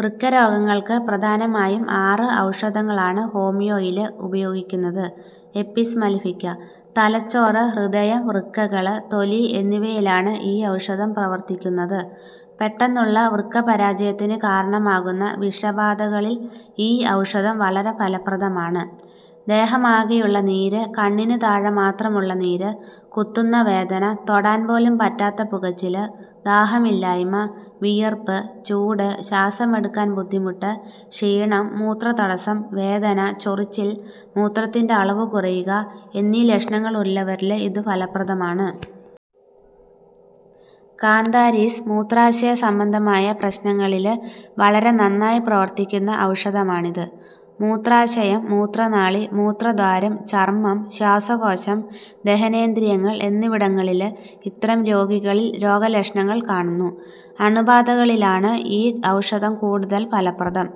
വൃക്കരോഗങ്ങള്ക്ക് പ്രധാനമായും ആറ് ഔഷധങ്ങളാണ് ഹോമിയോയില് ഉപയോഗിക്കുന്നത്. എപ്പിസ് മലിഫിക്ക തലച്ചോറ്, ഹൃദയം, വൃക്കകള്, തൊലി എന്നിവയിലാണ് ഈ ഔഷധം പ്രവര്ത്തിക്കുന്നത്. പെട്ടെന്നുള്ള വൃക്കപരാജയത്തിനു കാരണമാകുന്ന വിഷബാധകളില് ഈ ഔഷധം വളരെ ഫലപ്രദമാണ്. ദേഹമാകെയുള്ള നീര്, കണ്ണിനു താഴെ മാത്രമുള്ള നീര്, കുത്തുന്ന വേദന, തൊടാന് പോലും പറ്റാത്ത പുകച്ചില്, ദാഹമില്ലായ്മ, വിയര്പ്പ്, ചൂട്, ശ്വാസമെടുക്കാന് ബുദ്ധിമുട്ട്, ക്ഷീണം, മൂത്രതടസ്സം, വേദന, ചൊറിച്ചില്, മൂത്രത്തിന്റെ അളവ് കുറയുക എന്നീ ലക്ഷണങ്ങളുള്ളവരില് ഇതു ഫലപ്രദമാണ്. കാന്താരിസ് മൂത്രാശയ സംബന്ധമായ പ്രശ്നങ്ങളില് വളരെ നന്നായി പ്രവര്ത്തിക്കുന്ന ഔഷധമാണിത്. മൂത്രാശയം, മൂത്രനാളി, മൂത്രദ്വാരം, ചര്മ്മം, ശ്വാസകോശം, ദഹനേന്ദ്രിയങ്ങള് എന്നിവിടങ്ങളില് ഇത്തരം രോഗികളില് രോഗലക്ഷണങ്ങള് കാണുന്നു. അണുബാധകളിലാണ് ഈ ഔഷധം കൂടുതല് ഫലപ്രദം.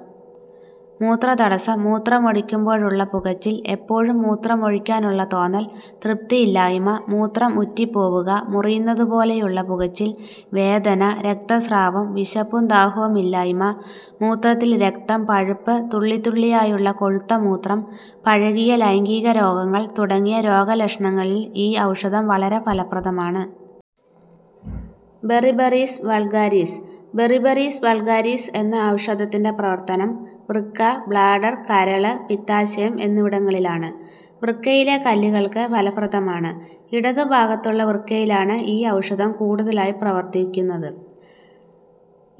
മൂത്രതടസ്സം, മൂത്രമൊഴിക്കുമ്പോഴുള്ള പുകച്ചില്, എപ്പോഴും മൂത്രമൊഴിക്കാനുള്ള തോന്നല്, തൃപ്തിയില്ലായ്മ, മൂത്രം ഉറ്റിപ്പോവുക, മുറിയുന്നതുപോലെയുള്ള പുകച്ചില്, വേദന, രക്തസ്രാവം, വിശപ്പും ദാഹവുമില്ലായ്മ, മൂത്രത്തില് രക്തം, പഴുപ്പ്, തുള്ളിതുള്ളിയായുള്ള കൊഴുത്ത മൂത്രം, പഴകിയ ലൈംഗിക രോഗങ്ങള് തുടങ്ങിയ രോഗലക്ഷണങ്ങളില് ഈ ഔഷധം വളരെ ഫലപ്രദമാണ്. ബെറിബറിസ് വള്ഗാരിസ് ബെറിബറിസ് വള്ഗാരിസ് എന്ന ഔഷധത്തിന്റെ പ്രവര്ത്തനം വൃക്ക, ബ്ലാഡര്, കരള്, പിത്താശയം എന്നിവിടങ്ങളിലാണ്. വൃക്കയിലെ കല്ലുകള്ക്ക് ഫലപ്രദമാണ്. ഇടതു ഭാഗത്തുള്ള വൃക്കയിലാണ് ഈ ഔഷധം കൂടുതലായി പ്രവര്ത്തിക്കുന്നത്.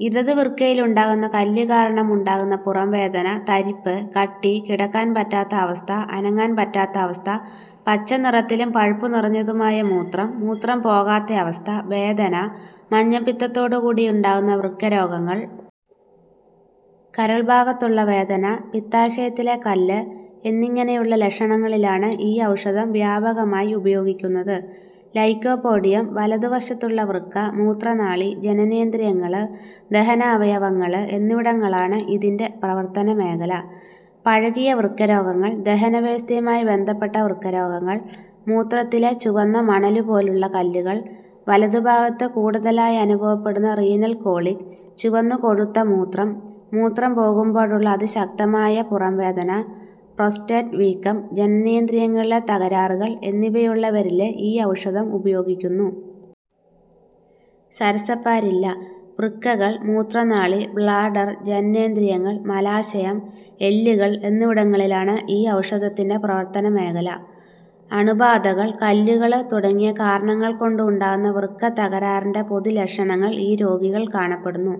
ഇടതു വൃക്കയിലുണ്ടാകുന്ന കല്ലു കാരണമുണ്ടാകുന്ന പുറംവേദന, തരിപ്പ്, കട്ടി, കിടക്കാന് പറ്റാത്ത അവസ്ഥ, അനങ്ങാന് പറ്റാത്ത അവസ്ഥ, പച്ചനിറത്തിലും പഴുപ്പു നിറഞ്ഞതുമായ മൂത്രം, മൂത്രം പോകാത്ത അവസ്ഥ, വേദന, മഞ്ഞപ്പിത്തത്തോടു കൂടിയുണ്ടാകുന്ന വൃക്കരോഗങ്ങള്. കരള്ഭാഗത്തുള്ള വേദന, പിത്താശയത്തിലെ കല്ല് എന്നിങ്ങനെയുള്ള ലക്ഷണങ്ങളിലാണ് ഈ ഔഷധം വ്യാപകമായി ഉപയോഗിക്കുന്നത്. ലൈക്കോപോഡിയം വലതുവശത്തുള്ള വൃക്ക, മൂത്രനാളി, ജനനേന്ദ്രിയങ്ങള്, ദഹനാവയവങ്ങള് എന്നിവിടങ്ങളാണ് ഇതിന്റെ പ്രവര്ത്തനമേഖല. പഴകിയ വൃക്കരോഗങ്ങള്, ദഹനവ്യവസ്ഥയുമായി ബന്ധപ്പെട്ട വൃക്കരോഗങ്ങള്, മൂത്രത്തില് ചുവന്ന മണലുപോലുള്ള കല്ലുകള്, വലതുഭാഗത്ത് കൂടുതലായനുഭവപ്പെടുന്ന റീനല് കോളിക്, ചുവന്നുകൊഴുത്ത മൂത്രം, മൂത്രം പോകുമ്പോഴുള്ള അതിശക്തമായ പുറംവേദന, പ്രോസ്റ്റേറ്റ് വീക്കം, ജനനേന്ദ്രിയങ്ങളിലെ തകരാറുകള് എന്നിവയുള്ള വരില് ഈ ഔഷധം ഉപയോഗിക്കുന്നു. സരസപ്പാരില്ല വൃക്കകള്, മൂത്രനാളി, ബ്ലാഡര്, ജനനേന്ദ്രിയങ്ങള്, മലാശയം, എല്ലുകള് എന്നിവിടങ്ങളിലാണ് ഈ ഔഷധത്തിന്റെ പ്രവര്ത്തന മേഖല. അണുബാധകള്, കല്ലുകള് തുടങ്ങിയ കാരണങ്ങള്കൊണ്ടുണ്ടാകുന്ന വൃക്കത്തകരാറിന്റെ പൊതുലക്ഷണങ്ങള് ഈ രോഗികളില് കാണപ്പെടുന്നു.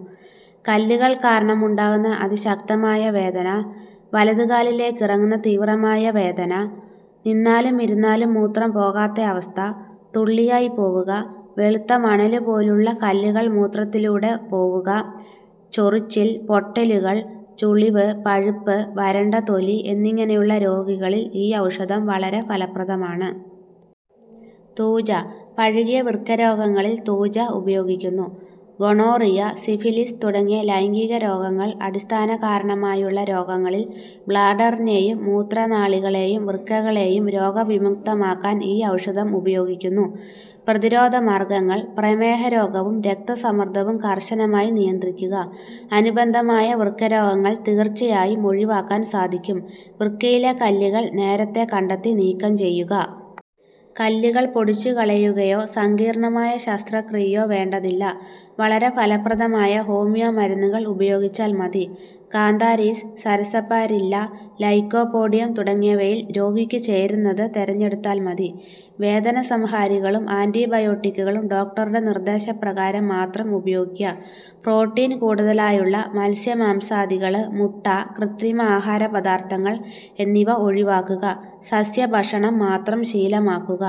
കല്ലുകള് കാരണമുണ്ടാകുന്ന അതിശക്തമായ വേദന, വലതുകാലുകളിലേക്കിറങ്ങുന്ന തീവ്രമായ വേദന, നിന്നാലുമിരുന്നാലും മൂത്രം പോകാത്ത അവസ്ഥ, തുള്ളിയായി പോവുക, വെളുത്ത മണലുപോലുള്ള കല്ലുകള് മൂത്രത്തിലൂടെ പോവുക, ചൊറിച്ചില്, പൊട്ടലുകള്, ചുളിവ്, പഴുപ്പ്, വരണ്ട തൊലി എന്നിങ്ങനെയുള്ള രോഗികളില് ഈ ഔഷധം വളരെ ഫലപ്രദമാണ്. തൂജ പഴകിയ വൃക്കരോഗങ്ങളില് തൂജ ഉപയോഗിക്കുന്നു. ഗൊണോറിയ, സിഫിലിസ് തുടങ്ങിയ ലൈംഗികരോഗങ്ങള് അടിസ്ഥാനകാരണമായുള്ള രോഗങ്ങളില് ബ്ലാഡറിനെയും മൂത്രനാളികളെയും വൃക്കകളെയും രോഗവിമുക്തമാക്കാന് ഈ ഔഷധം ഉപയോഗിക്കുന്നു. പ്രതിരോധ മാര്ഗങ്ങള് പ്രമേഹരോഗവും രക്തസമ്മര്ദവും കര്ശനമായി നിയന്ത്രിക്കുക. അനുബന്ധമായ വൃക്കരോഗങ്ങള് തീര്ച്ചയായും ഒഴിവാക്കാന് സാധിക്കും. വൃക്കയിലെ കല്ലുകള് നേരത്തെ കണ്ടെത്തി നീക്കം ചെയ്യുക. കല്ലുകള് പൊടിച്ചുകളയുകയോ സങ്കീര്ണമായ ശസ്ത്രക്രിയയോ വേണ്ടതില്ല. വളരെ ഫലപ്രദമായ ഹോമിയോ മരുന്നുകള് ഉപയോഗിച്ചാല് മതി. കാന്താരിസ്, സരസപ്പാരില്ല, ലൈക്കോപോഡിയം തുടങ്ങിയവയില് രോഗിക്ക് ചേരുന്നത് തിരഞ്ഞെടുത്താല് മതി. വേദന സംഹാരികളും ആന്റിബയോട്ടിക്കുകളും ഡോക്ടറുടെ നിര്ദേശപ്രകാരം മാത്രം ഉപയോഗിക്കുക. പ്രോട്ടീന് കൂടുതലായുള്ള മത്സ്യമാംസാദികള്, മുട്ട, കൃത്രിമ ആഹാരപദാര്ഥങ്ങള് എന്നിവ ഒഴിവാക്കുക. സസ്യഭക്ഷണം മാത്രം ശീലമാക്കുക.